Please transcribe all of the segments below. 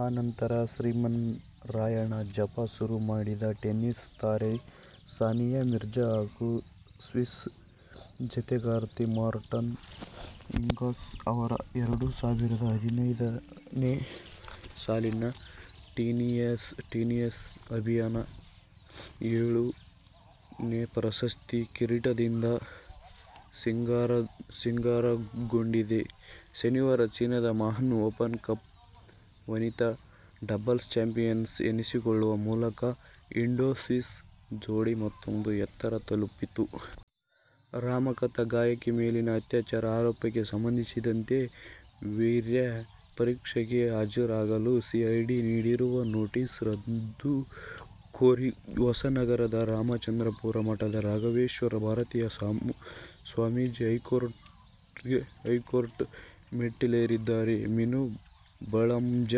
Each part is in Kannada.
ಆ ನಂತರ ಶ್ರೀಮನ್ನಾರಾಯಣ ಜಪ ಶುರು. ಭಾರತದ ಟೆನಿಸ್ ತಾರೆ ಸಾನಿಯಾ ಮಿರ್ಜಾ ಹಾಗೂ ಸ್ವಿಸ್ ಜತೆಗಾರ್ತಿ ಮಾರ್ಟಿನಾ ಹಿಂಗಿಸ್ ಅವರ ಎರಡು ಸಾವಿರದ ಹದಿನೈದು ನೇ ಸಾಲಿನ ಟೆನಿಸ್ ಅಭಿಯಾನ ಏಳು ನೇ ಪ್ರಶಸ್ತಿ ಕಿರೀಟದಿಂದ ಸಿಂಗಾರಗೊಂಡಿದೆ. ಶನಿವಾರ ಚೀನದ ವುಹಾನ್ ಓಪನ್ ಕಪ್ ವನಿತಾ ಡಬಲ್ಸ್ ಚಾಂಪಿಯನ್ಸ್ ಎನಿಸಿಕೊಳ್ಳುವ ಮೂಲಕ ಇಂಡೋ-ಸ್ವಿಸ್ ಜೋಡಿ ಮತ್ತೂಂದು ಎತ್ತರ ತಲುಪಿತು. ರಾಮಕಥಾ ಗಾಯಕಿ ಮೇಲಿನ ಅತ್ಯಾಚಾರ ಆರೋಪಕ್ಕೆ ಸಂಬಂಧಿಸಿದಂತೆ ವೀರ್ಯ ಪರೀಕ್ಷೆಗೆ ಹಾಜರಾಗಲು ಸಿಐಡಿ ನೀಡಿರುವ ನೋಟಿಸ್ ರದ್ದು ಕೋರಿ ಹೊಸನಗರದ ರಾಮಚಂದ್ರಾಪುರ ಮಠದ ರಾಘವೇಶ್ವರ ಭಾರತೀ ಸ್ವಾಮೀಜಿ ಹೈಕೋರ್ಟ್ಗೆ ಮೆಟ್ಟಿಲೇರಿದ್ದಾರೆ. ವಿನು ಬಳಂಜ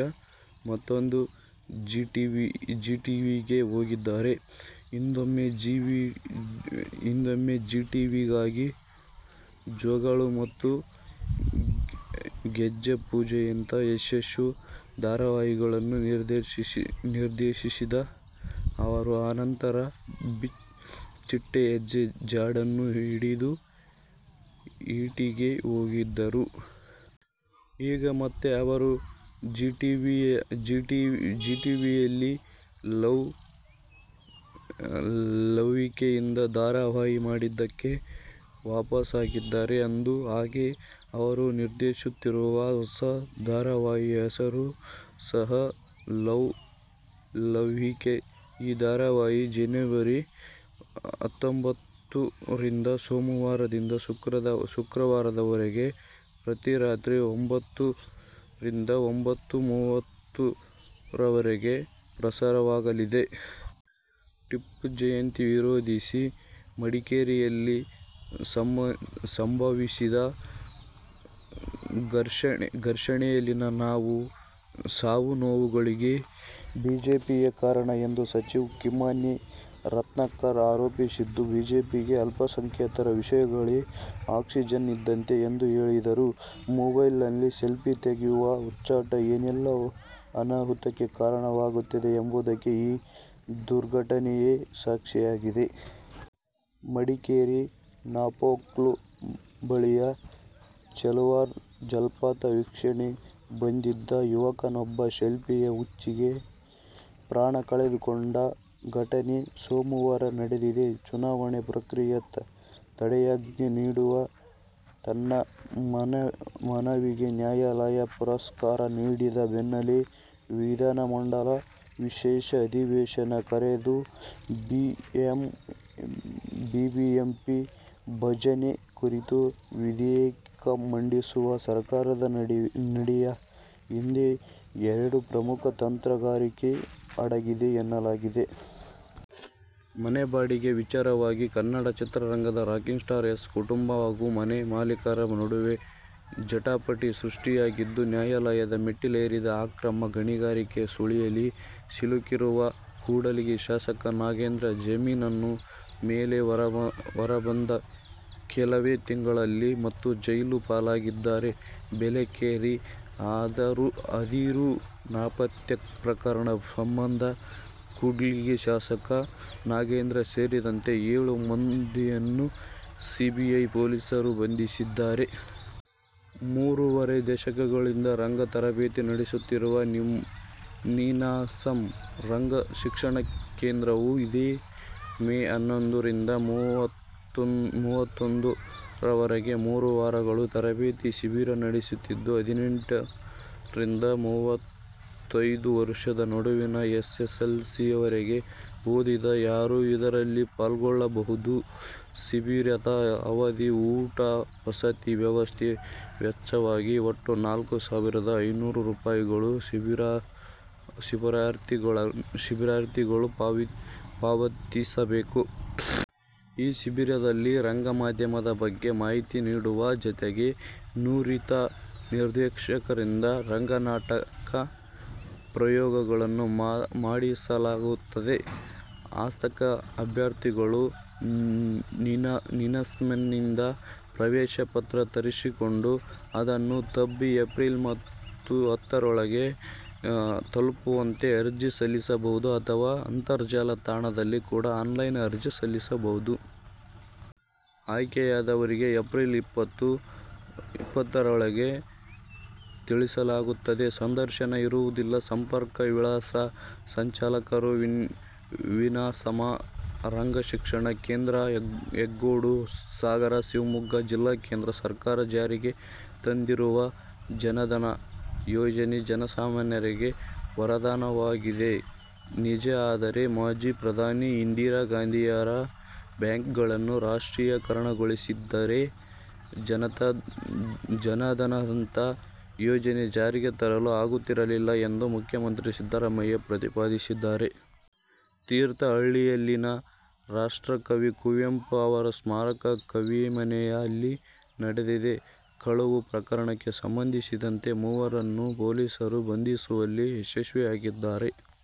ಮತ್ತೂಮ್ಮೆ ಜೀ ಟಿವಿಗೆ ಹೋಗಿದ್ದಾರೆ. ಹಿಂದೊಮ್ಮೆ ಜೀ ಟಿವಿಗಾಗಿ ಜೋಗುಳ ಮತ್ತು ಗೆಜ್ಜೆಪೂಜೆಯಂತಹ ಯಶಸ್ವಿ ಧಾರಾವಾಹಿಗಳನ್ನು ನಿರ್ದೇಶಿಸಿದ್ದ ಅವರು, ಆ ನಂತರ ಚಿಟ್ಟೆ ಹೆಜ್ಜೆ ಜಾಡನ್ನು ಹಿಡಿದು ಈಟಿವಿಗೆ ಹೋಗಿದ್ದರು. ಈಗ ಮತ್ತೆ ಅವರು ಜೀ ಟಿವಿಯಲ್ಲಿ ಲವ್ ಲವಿಕೆಯಿಂದ ಧಾರಾವಾಹಿ ಮಾಡುವುದಕ್ಕೆ ವಾಪಸ್ಸಾಗಿದ್ದಾರೆ. ಅಂದ ಹಾಗೆ, ಅವರು ನಿರ್ದೇಶಿಸುತ್ತಿರುವ ಹೊಸ ಧಾರಾವಾಹಿಯ ಹೆಸರು ಸಹ ಲವ್ ಲವಿಕೆ. ಈ ಧಾರಾವಾಹಿ ಜನವರಿ ಹತ್ತೊಂಬತ್ತು ರಿಂದ ಸೋಮವಾರದಿಂದ ಶುಕ್ರವಾರದವರೆಗೆ ಪ್ರತಿ ರಾತ್ರಿ ಒಂಬತ್ತು ರಿಂದ ಒಂಬತ್ತು: ಮೂವತ್ತು ರವರೆಗೆ ಪ್ರಸಾರವಾಗಲಿದೆ. ಟಿಪ್ಪು ಜಯಂತಿ ವಿರೋಧಿಸಿ ಮಡಿಕೇರಿಯಲ್ಲಿ ಸಂಭವಿಸಿದ ಘರ್ಷಣೆಯಲ್ಲಿನ ಸಾವು ನೋವುಗಳಿಗೆ ಬಿಜೆಪಿಯೇ ಕಾರಣ ಎಂದು ಸಚಿವ ಕಿಮ್ಮನೆ ರತ್ನಾಕರ್ ಆರೋಪಿಸಿದ್ದು, ಬಿಜೆಪಿಗೆ ಅಲ್ಪಸಂಖ್ಯಾತರ ವಿಷಯಗಳೇ ಆಕ್ಸಿಜನ್ ಇದ್ದಂತೆ ಎಂದು ಹೇಳಿದರು. ಮೊಬೈಲ್ ನಲ್ಲಿ ಸೆಲ್ಫಿ ತೆಗೆಯುವ ಹುಚ್ಚಾಟ ಏನೇಲ್ಲಾ ಅನಾಹುತಕ್ಕೆ ಕಾರಣವಾಗುತ್ತದೆ ಎಂಬುದಕ್ಕೆ ಈ ದುರ್ಘಟನೆಯೇ ಸಾಕ್ಷಿಯಾಗಿದೆ. ಮಡಿಕೇರಿ ನಾಫೋಕ್ಲು ಬಳಿಯ ಚೇಲಾವರ ಜಲಪಾತ ವೀಕ್ಷಣೆಗೆ ಬಂದಿದ್ದ ಯುವಕನೊಬ್ಬ ಸೆಲ್ಫಿಯ ಹುಚ್ಚಿಗೆ ಪ್ರಾಣ ಕಳೆದುಕೊಂಡ ಘಟನೆ ಸೋಮವಾರ ನಡೆದಿದೆ. ಚುನಾವಣೆ ಪ್ರಕ್ರಿಯೆಗೆ ತಡೆಯಾಜ್ಞೆ ನೀಡುವ ತನ್ನ ಮನವಿಗೆ ನ್ಯಾಯಾಲಯ ಪುರಸ್ಕಾರ ನೀಡದ ಬೆನ್ನಲ್ಲೇ ವಿಧಾನಮಂಡಲ ವಿಶೇಷ ಅಧಿವೇಶನ ಕರೆದು ಬಿಬಿಎಂಪಿ ವಿಭಜನೆ ಕುರಿತ ವಿಧೇಯಕ ಮಂಡಿಸುವ ಸರ್ಕಾರದ ನಡೆಯ ಹಿಂದೆ ಎರಡು ಪ್ರಮುಖ ತಂತ್ರಗಾರಿಕೆ ಅಡಗಿದೆ ಎನ್ನಲಾಗುತ್ತಿದೆ. ಮನೆ ಬಾಡಿಗೆ ವಿಚಾರವಾಗಿ ಕನ್ನಡ ಚಿತ್ರರಂಗದ ರಾಕಿಂಗ್ ಸ್ಟಾರ್ ಯಶ್ ಕುಟುಂಬ ಹಾಗೂ ಮನೆ ಮಾಲೀಕರ ನಡುವೆ ಜಟಾಪಟಿ ಸೃಷ್ಟಿಯಾಗಿದ್ದು, ನ್ಯಾಯಾಲಯದ ಮೆಟ್ಟಿಲೇರಿದೆ. ಅಕ್ರಮ ಗಣಿಗಾರಿಕೆ ಸುಳಿಯಲ್ಲಿ ಸಿಲುಕಿರುವ ಕೂಡ್ಲಿಗಿ ಶಾಸಕ ನಾಗೇಂದ್ರ ಜಾಮೀನಿನ ಮೇಲೆ ಹೊರಬಂದ ಕೆಲವೇ ತಿಂಗಳಲ್ಲಿ ಮತ್ತೆ ಜೈಲು ಪಾಲಾಗಿದ್ದಾರೆ. ಬೇಲೆಕೇರಿ ಅದಿರು ನಾಪತ್ತೆ ಪ್ರಕರಣ ಸಂಬಂಧ ಕೂಡ್ಲಿಗಿ ಶಾಸಕ ನಾಗೇಂದ್ರ ಸೇರಿದಂತೆ ಏಳು ಮಂದಿಯನ್ನು ಸಿಬಿಐ ಪೊಲೀಸರು ಬಂಧಿಸಿದ್ದಾರೆ. ಮೂರೂವರೆ ದಶಕಗಳಿಂದ ರಂಗ ತರಬೇತಿ ನಡೆಸುತ್ತಿರುವ ನೀನಾಸಮ್ ರಂಗ ಶಿಕ್ಷಣ ಕೇಂದ್ರವು ಇದೇ ಮೇ ಹನ್ನೊಂದು ರಿಂದ ಮೂವತ್ತೊಂದು ರವರೆಗೆ ಮೂರು ವಾರಗಳ ರಂಗತರಬೇತಿ ಶಿಬಿರ ನಡೆಸುತ್ತಿದ್ದು, ಹದಿನೆಂಟು ರಿಂದ ಮೂವತೈದು ವರ್ಷದ ನಡುವಿನ ಎಸ್ಎಸ್ಎಲ್ಸಿವರೆಗೆ ಓದಿದ ಯಾರೂ ಇದರಲ್ಲಿ ಪಾಲ್ಗೊಳ್ಳಬಹುದು. ಶಿಬಿರದ ಅವಧಿಯ ಊಟ-ವಸತಿ ವ್ಯವಸ್ಥೆಯ ವೆಚ್ಚವಾಗಿ ಒಟ್ಟು ನಾಲ್ಕು ಸಾವಿರದ ಐನ್ನೂರು ರೂಪಾಯಿಗಳನ್ನು ಶಿಬಿರಾರ್ಥಿಗಳು ಪಾವತಿಸಬೇಕು. ಈ ಶಿಬಿರದಲ್ಲಿ ರಂಗಮಾಧ್ಯಮದ ಬಗ್ಗೆ ಮಾಹಿತಿಗಳನ್ನು ನೀಡುವ ಜತೆಗೆ ನುರಿತ ನಿರ್ದೇಶಕರಿಂದ ರಂಗನಾಟಕ ಪ್ರಯೋಗಗಳನ್ನೂ ಮಾಡಿಸಲಾಗುತ್ತದೆ. ಆಸಕ್ತ ಅಭ್ಯರ್ಥಿಗಳು ನೀನಾಸಮ್ನಿಂದ ಪ್ರವೇಶ ಪತ್ರ ತರಿಸಿಕೊಂಡು ಅದನ್ನು ತುಂಬಿ ಎಪ್ರಿಲ್ ಹತ್ತು ರೊಳಗೆ ತಲುಪುವಂತೆ ಅರ್ಜಿ ಸಲ್ಲಿಸಬಹುದು. ಅಥವಾ ಅಂತರ್ಜಾಲ ತಾಣ ದಲ್ಲಿ ಕೂಡ ಆನ್ಲೈನ್ ಅರ್ಜಿ ಸಲ್ಲಿಸಬಹುದು. ಆಯ್ಕೆಯಾದವರಿಗೆ ಎಪ್ರಿಲ್ ಇಪ್ಪತ್ತು ರೊಳಗೆ ತಿಳಿಸಲಾಗುತ್ತದೆ. ಸಂದರ್ಶನ ಇರುವುದಿಲ್ಲ. ಸಂಪರ್ಕ ವಿಳಾಸ: ಸಂಚಾಲಕರು, ನೀನಾಸಮ್ ರಂಗಶಿಕ್ಷಣ ಕೇಂದ್ರ, ಹೆಗ್ಗೋಡು, ಸಾಗರ, ಶಿವಮೊಗ್ಗ ಜಿಲ್ಲೆ. ಕೇಂದ್ರ ಸರ್ಕಾರ ಜಾರಿಗೆ ತಂದಿರುವ ಜನಧನ ಯೋಜನೆ ಜನಸಾಮಾನ್ಯರಿಗೆ ವರದಾನವಾಗಿದೆ, ನಿಜ. ಆದರೆ, ಮಾಜಿ ಪ್ರಧಾನಿ ಇಂದಿರಾ ಗಾಂಧಿಯವರು ಬ್ಯಾಂಕ್ಗಳನ್ನು ರಾಷ್ಟ್ರೀಕರಣಗೊಳಿಸದಿದ್ದರೆ ಜನಧನದಂತಹ ಯೋಜನೆ ಜಾರಿಗೆ ತರಲು ಆಗುತ್ತಿರಲಿಲ್ಲ ಎಂದು ಮುಖ್ಯಮಂತ್ರಿ ಸಿದ್ದರಾಮಯ್ಯ ಪ್ರತಿಪಾದಿಸಿದ್ದಾರೆ. ತೀರ್ಥಹಳ್ಳಿಯಲ್ಲಿನ ರಾಷ್ಟ್ರಕವಿ ಕುವೆಂಪು ಅವರ ಸ್ಮಾರಕ ಕವಿಮನೆಯಲ್ಲಿ ನಡೆದಿದ್ದ ಕಳವು ಪ್ರಕರಣಕ್ಕೆ ಸಂಬಂಧಿಸಿದಂತೆ ಮೂವರನ್ನು ಪೊಲೀಸರು ಬಂಧಿಸುವಲ್ಲಿ ಯಶಸ್ವಿಯಾಗಿದ್ದಾರೆ.